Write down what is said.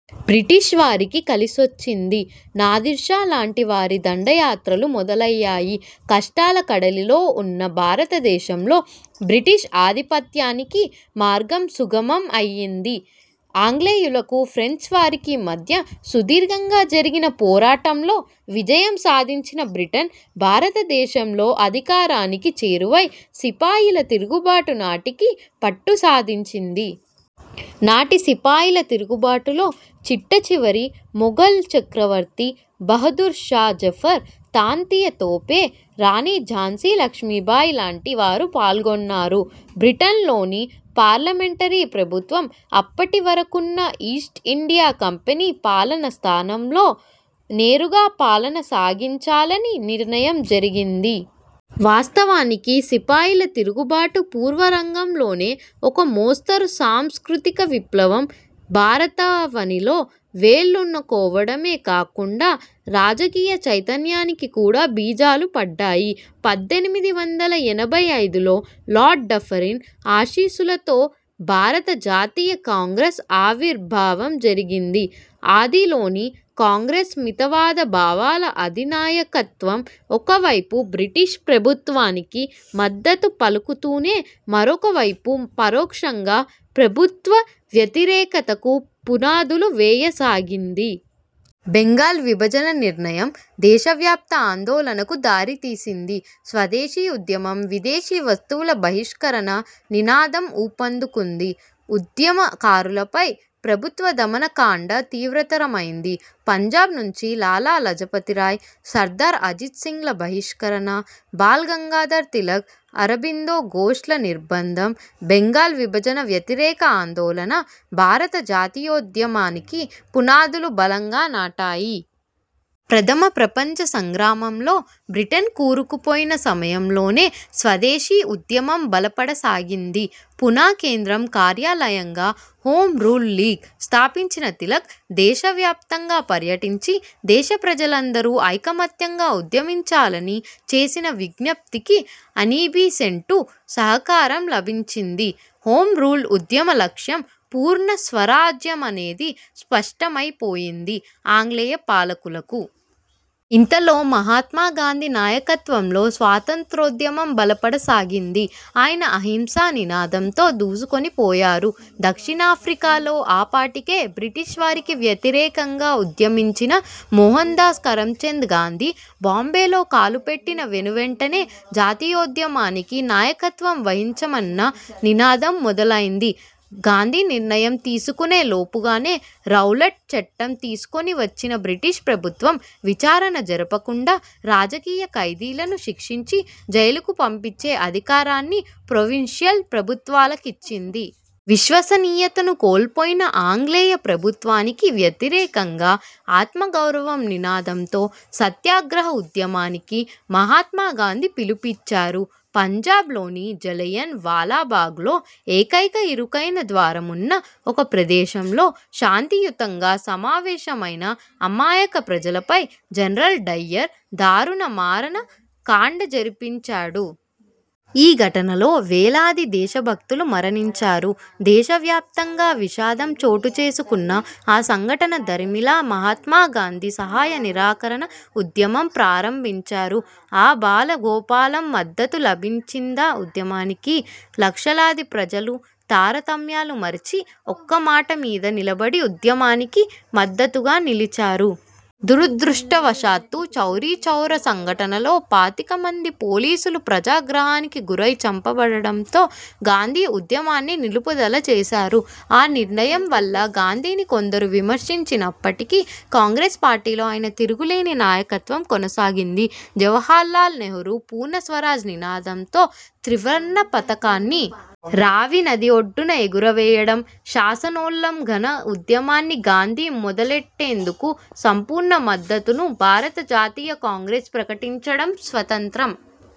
British వారికి కలిసొచ్చింది. Nadir Shah లాంటి వారి దండయాత్రలు మొదలయ్యాయి. కష్టాల కడలిలో ఉన్న భారతదేశంలో బ్రిటిష్ ఆధిపత్యానికి మార్గం సుగమం అయింది. ఆంగ్లేయులకు, ఫ్రెంచ్ వారికి మధ్య సుదీర్ఘంగా జరిగిన పోరాటంలో విజయం సాధించిన బ్రిటన్ భారత దేశంలో అధికారానికి చేరువై, సిపాయిల తిరుగుబాటు నాటికి పట్టు సాధించింది. నాటి సిపాయిల తిరుగుబాటులో చిట్టచివరి మొఘల్ చక్రవర్తి బహదూర్ షా జఫర్, తాంతియా తోపే, రాణి ఝాన్సీ లక్ష్మి బాయి లాంటి వారు పాల్గొన్నారు. బ్రిటన్ లోని పార్లమెంటరీ ప్రభుత్వం, అప్పటివరకున్న ఈస్ట్ ఇండియా కంపెనీ పాలన స్థానంలో, నేరుగా పాలన సాగించాలని నిర్ణయం జరిగింది. వాస్తవానికి, సిపాయిల తిరుగుబాటు పూర్వ రంగంలోనే, ఒక మోస్తరు సాంస్కృతిక విప్లవం, భారతావనిలో వేళ్లూనుకోవడమే కాకుండా, రాజకీయ చైతన్యానికి కూడా బీజాలు పడ్డాయి. పద్దెనిమిది వందల ఎనభై ఐదులో లార్డ్ డఫరిన్ ఆశీస్సులతో భారత జాతీయ కాంగ్రెస్ ఆవిర్భావం జరిగింది. ఆదిలోని కాంగ్రెస్ మితవాద భావాల అధినాయకత్వం ఒక వైపు బ్రిటీష్ ప్రభుత్వానికి మద్దతు పలుకుతూనే, మరొక వైపు, పరోక్షంగా ప్రభుత్వ వ్యతిరేకతకు పునాదులు వేయ సాగింది. బెంగాల్ విభజన నిర్ణయం, దేశ వ్యాప్త ఆందోళనకు దారితీసింది. స్వదేశీ ఉద్యమం, విదేశీ వస్తువుల బహిష్కరణ నినాదం ఊపందుకుంది. ఉద్యమ కారులపై ప్రభుత్వ దమన కాండ తీవ్రతరమైంది. పంజాబ్ నుంచి లాలా లజపతి రాయ్, సర్దార్ అజిత్ సింగ్ ల బహిష్కరణ, బాల గంగాధర తిలక్, అరబిందో ఘోష్ ల నిర్బంధం, బెంగాల్ విభజన వ్యతిరేక ఆందోళన, భారత జాతీయోద్యమానికి పునాదులు బలంగా నాటాయి.. ప్రథమ ప్రపంచ సంగ్రామంలో బ్రిటన్ కూరుకుపోయిన సమయంలోనే, స్వదేశీ ఉద్యమం బలపడ సాగింది. పూనా కేంద్ర కార్యాలయంగా, హోం రూల్ లీగ్ స్థాపించిన తిలక్ దేశ వ్యాప్తంగా పర్యటించి, దేశ ప్రజలందరూ ఐకమత్యంగా ఉద్యమించాలని చేసిన విజ్ఞప్తికి అనీబీ సెంటు సహకారం లభించింది. హోం రూల్ ఉద్యమ లక్ష్యం పూర్ణ స్వరాజ్యమనేది స్పష్టమైపోయింది ఆంగ్లేయ పాలకులకు. ఇంతలో, మహాత్మా గాంధీ నాయకత్వంలో స్వాతంత్ర్యోద్యమం బలపడ సాగింది. ఆయన 'అహింస' నినాదంతో దూసుకుని పోయారు. దక్షిణాఫ్రికాలో ఆపాటికే బ్రిటీష్ వారికి వ్యతిరేకంగా ఉద్యమించిన మోహన్ దాస్ కరంచంద్ గాంధీ, బాంబేలో కాలు పెట్టిన వెను వెంటనే, జాతీయోద్యమానికి నాయకత్వం వహించమన్న నినాదం మొదలైంది. గాంధీ నిర్ణయం తీసుకునే లోపుగానే, రౌలట్ చట్టం తీసుకొని వచ్చిన బ్రిటీష్ ప్రభుత్వం, విచారణ జరపకుండా, రాజకీయ ఖైదీలను శిక్షించి, జైలుకు పంపించే అధికారాన్ని ప్రొవిన్షియల్ ప్రభుత్వాలకిచ్చింది. విశ్వసనీయతను కోల్పోయిన ఆంగ్లేయ ప్రభుత్వానికి వ్యతిరేకంగా, 'ఆత్మ గౌరవం నినాదంతో. సత్యాగ్రహ ఉద్యమానికి మహాత్మా గాంధీ పిలుపిచ్చారు. పంజాబ్ లోని జలియన్ వాలాబాగ్లో, ఏకైక ఇరుకైన ద్వారమున్న ఒక ప్రదేశంలో శాంతి యుతంగా సమావేశమైన అమాయక ప్రజలపై జనరల్ డయ్యర్ దారుణ మారణ కాండ జరిపించాడు. ఈ ఘటనలో వేలాది దేశ భక్తులు మరణించారు. దేశ వ్యాప్తంగా విషాదం చోటు చేసుకున్న ఆ సంఘటన దరిమిలా మహాత్మా గాంధీ సహాయ నిరాకరణ ఉద్యమం ప్రారంభించారు. ఆబాల గోపాలం మద్దతు లభించిందా ఉద్యమానికి. లక్షలాది ప్రజలు, తార తమ్యాలు మరిచి, ఒక్క మాట మీద నిలబడి ఉద్యమానికి మద్దతుగా నిలిచారు. దురదృష్టవశాత్తు చౌరీచౌరా సంఘటనలో పాతిక మంది పోలీసులు ప్రజాగ్రహానికి గురై చంప బడడంతో, గాంధీ ఉద్యమాన్ని నిలుపుదల చేశారు. ఆ నిర్ణయం వల్ల గాంధీని కొందరు విమర్శించినప్పటికీ, కాంగ్రెస్ పార్టీలో ఆయన తిరుగులేని నాయకత్వం కొనసాగింది. జవహర్లాల్ నెహ్రూ పూర్ణ స్వరాజ్ నినాదంతో త్రివర్ణ పతాకాన్ని రావి నది ఒడ్డున ఎగురవేయడం, శాసనోల్లంఘన ఉద్యమాన్ని గాందీ మొదలెట్టేందుకు సంపూర్ణ మద్దతును భారత జాతీయ కాంగ్రెస్ ప్రకటించడం, స్వతంత్రం